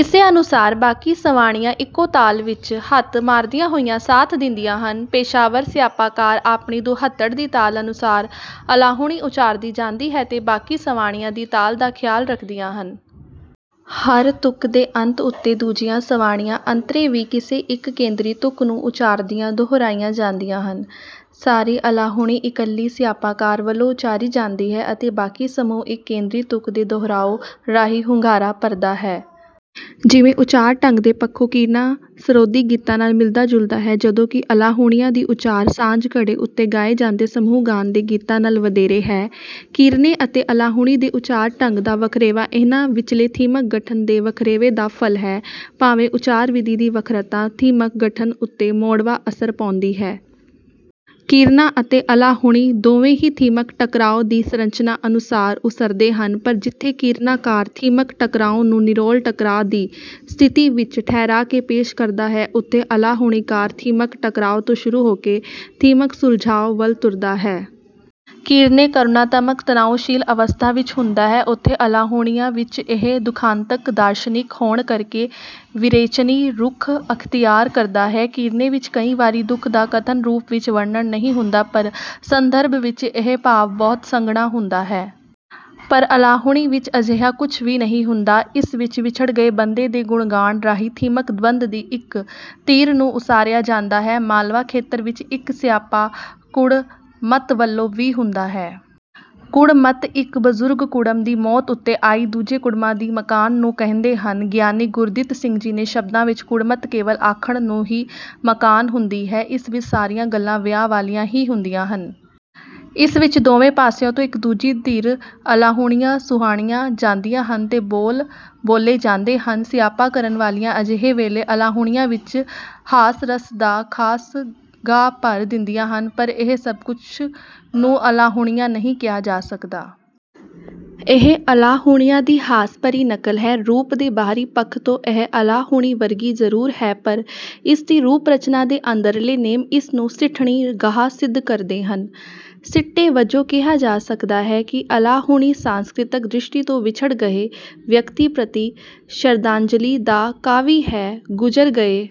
ਇਸੇ ਅਨੁਸਾਰ ਬਾਕੀ ਸਵਾਣੀਆਂ ਇੱਕੋ ਤਾਲ ਵਿੱਚ ਹੱਥ ਮਾਰਦੀਆਂ ਹੋਈਆਂ ਸਾਥ ਦਿੰਦੀਆਂ ਹਨ। ਪੇਸ਼ਾਵਰ ਸਿਆਪਾਕਾਰ ਆਪਣੀ ਦੁਹੱਥੜ ਦੀ ਤਾਲ ਅਨੁਸਾਰ ਅਲਾਹੁਣੀ ਉੱਚਾਰਦੀ ਜਾਂਦੀ ਹੈ ਤੇ ਬਾਕੀ ਸਵਾਣੀਆਂ ਦੀ ਤਾਲ ਦਾ ਖਿਆਲ ਰੱਖਦੀਆਂ ਹਨ। ਹਰ ਤੁਕ ਦੇ ਅੰਤ ਉੱਤੇ ਦੂਜੀਆਂ ਸਵਾਣੀਆਂ ਅੰਤਰੇ ਵੀ ਕਿਸੇ ਇੱਕ ਕੇਂਦਰੀ ਤੁਕ ਨੂੰ ਉੱਚਾਰਦੀਆਂ ਦੁਹਰਾਈਆਂ ਜਾਂਦੀਆਂ ਹਨ। ਸਾਰੀ ਅਲਾਹੁਣੀ ਇੱਕਲੀ ਸਿਆਪਾਕਾਰ ਵੱਲੋਂ ਉੱਚਾਰੀ ਜਾਂਦੀ ਹੈ ਅਤੇ ਬਾਕੀ ਸਮੂਹ ਇੱਕ ਕੇਂਦਰੀ ਤੁਕ ਦੇ ਦੁਹਰਾਉ ਰਾਹੀਂ ਹੁੰਗਾਰਾ ਭਰਦਾ ਹੈ। ਜਿਵੇਂ ਉੱਚਾਰ ਢੰਗ ਦੇ ਪੱਖੋਂ ਕੀਰਨਾ ਸਰੋਦੀ ਗੀਤਾਂ ਨਾਲ ਮਿਲਦਾ ਜੁਲਦਾ ਹੈ ਜਦੋਂ ਕਿ ਅਲਾਹੁਣੀਆਂ ਦੀ ਉੱਚਾਰ ਸਾਂਝ ਘੜੇ ਉੱਤੇ ਗਾਏ ਜਾਂਦੇ ਸਮੂਹ ਗਾਨ ਦੇ ਗੀਤਾਂ ਨਾਲ ਵਧੇਰੇ ਹੈ। ਕੀਰਨੇ ਅਤੇ ਅਲਾਹੁਣੀ ਦੇ ਉੱਚਾਰ ਢੰਗ ਦਾ ਵਖਰੇਵਾਂ ਇਹਨਾਂ ਵਿਚਲੇ ਥੀਮਕ ਗਠਨ ਦੇ ਵਖਰੇਵੇ ਦਾ ਫਲ ਹੈ ਭਾਵੇਂ ਉੱਚਾਰ ਵਿਧੀ ਦੀ ਵੱਖਰਤਾ ਥੀਮਕ ਗਠਨ ਉੱਤੇ ਮੋੜਵਾਂ ਅਸਰ ਪਾਉਂਦੀ ਹੈ। ਕੀਰਨਾ ਅਤੇ ਅਲਾਹੁਣੀ ਦੋਵੇਂ ਹੀ ਥੀਮਕ ਟਕਰਾਅ ਦੀ ਸੰਰਚਨਾ ਅਨੁਸਾਰ ਉਸਰਦੇ ਹਨ ਪਰ ਜਿੱਥੇ ਕੀਰਨਾਕਾਰ ਥੀਮਕ ਟਕਰਾਅ ਨੂੰ ਨਿਰੋਲ ਟਕਰਾਅ ਦੀ ਸਥਿਤੀ ਵਿੱਚ ਠਹਿਰਾ ਕੇ ਪੇਸ਼ ਕਰਦਾ ਹੈ ਉੱਥੇ ਅਲਾਹੁਣੀਕਾਰ ਥੀਮਕ ਟਕਰਾਅ ਤੋਂ ਸ਼ੁਰੂ ਹੋ ਕੇ ਥੀਮਕ ਸੁਲਝਾਅ ਵੱਲ ਤੁਰਦਾ ਹੈ। ਕੀਰਨੇ ਕਰੁਣਾਤਮਕ ਤਨਾਉਸ਼ੀਲ ਅਵਸਥਾ ਵਿੱਚ ਹੁੰਦਾ ਹੈ ਉੱਥੇ ਅਲਾਹੁਣੀਆਂ ਵਿੱਚ ਇਹ ਦੁਖਾਂਤਕ ਦਾਰਸ਼ਨਿਕ ਹੋਣ ਕਰਕੇ ਵਿਰੇਚਨੀ ਰੁਖ ਅਖਤਿਆਰ ਕਰਦਾ ਹੈ। ਕੀਰਨੇ ਵਿੱਚ ਕਈ ਵਾਰੀ ਦੁਖ ਦਾ ਕਥਨ ਰੂਪ ਵਿੱਚ ਵਰਣਨ ਨਹੀਂ ਹੁੰਦਾ ਪਰ ਸੰਦਰਭ ਵਿੱਚ ਇਹ ਭਾਵ ਬਹੁਤ ਸੰਘਣਾ ਹੁੰਦਾ ਹੈ। ਪਰ ਅਲਾਹੁਣੀ ਵਿੱਚ ਅਜਿਹਾ ਕੁੱਝ ਵੀ ਨਹੀਂ ਹੁੰਦਾ। ਇਸ ਵਿੱਚ ਵਿਛੜ ਗਏ ਬੰਦੇ ਦੇ ਗੁਣ ਗਾਨ ਰਾਹੀਂ ਥੀਮਕ ਦਵੰਦ ਦੀ ਇੱਕ ਧਿਰ ਨੂੰ ਉਸਾਰਿਆ ਜਾਂਦਾ ਹੈ। ਮਾਲਵਾ ਖੇਤਰ ਵਿੱਚ ਇੱਕ ਸਿਆਪਾ ਕੁੜਮੱਤ ਵੱਲੋਂ ਵੀ ਹੁੰਦਾ ਹੈ। ਕੁੜਮੱਤ ਇੱਕ ਬਜ਼ੁਰਗ ਕੁੜਮ ਦੀ ਮੌਤ ਉੱਤੇ ਆਈ ਦੂਜੇ ਕੁੜਮਾਂ ਦੀ ਮਕਾਨ ਨੂੰ ਕਹਿੰਦੇ ਹਨ। ਗਿਆਨੀ ਗੁਰਦਿੱਤ ਸਿੰਘ ਜੀ ਦੇ ਸ਼ਬਦਾਂ ਵਿੱਚ ਕੁੜਮਤ ਕੇਵਲ ਆਖਣ ਨੂੰ ਹੀ ਮਕਾਨ ਹੁੰਦੀ ਹੈ। ਇਸ ਵਿੱਚ ਸਾਰੀਆਂ ਗੱਲਾਂ ਵਿਆਹ ਵਾਲੀਆਂ ਹੀ ਹੁੰਦੀਆਂ ਹਨ। ਇਸ ਵਿੱਚ ਦੋਵੇਂ ਪਾਸਿਆਂ ਤੋਂ ਇੱਕ ਦੂਜੀ ਧਿਰ ਅਲਾਹੁਣੀਆਂ ਸੁਣਾਈਆਂ ਜਾਂਦੀਆਂ ਹਨ ਤੇ ਬੋਲ ਬੋਲੇ ਜਾਂਦੇ ਹਨ। ਸਿਆਪਾ ਕਰਨ ਵਾਲੀਆਂ ਅਜੇਹੇ ਵੇਲੇ ਅਲਾਹੁਣੀਆਂ ਵਿੱਚ ਹਾਸ ਰਸ ਦਾ ਖਾਸ ਗਾਹ ਭਰ ਦਿੰਦੀਆਂ ਹਨ ਪਰ ਇਹ ਸਭ ਕੁੱਝ ਨੂੰ ਅਲਾਹੁਣੀਆਂ ਨਹੀਂ ਕਿਹਾ ਜਾ ਸਕਦਾ। ਇਹ ਅਲਾਹੁਣੀਆਂ ਦੀ ਹਾਸ ਭਰੀ ਨਕਲ ਹੈ। ਰੂਪ ਦੇ ਬਾਹਰੀ ਪੱਖ ਤੋਂ ਇਹ ਅਲਾਹੁਣੀ ਵਰਗੀ ਜ਼ਰੂਰ ਹੈ ਪਰ ਇਸ ਦੀ ਰੂਪ ਰਚਨਾ ਦੇ ਅੰਦਰਲੇ ਨੇਮ ਇਸ ਨੂੰ ਸਿੱਠਣੀ ਗਾਹ ਸਿੱਧ ਕਰਦੇ ਹਨ। ਸਿੱਟੇ ਵਜੋਂ ਕਿਹਾ ਜਾ ਸਕਦਾ ਹੈ ਕਿ ਅਲਾਹੁਣੀ ਸਾਂਸਕ੍ਰਿਤਕ ਦ੍ਰਿਸ਼ਟੀ ਤੋਂ ਵਿਛੜ ਗਏ ਵਿਅਕਤੀ ਪ੍ਰਤੀ ਸ਼ਰਧਾਂਜਲੀ ਦਾ ਕਾਵਿ ਹੈ। ਗੁਜ਼ਰ ਗਏ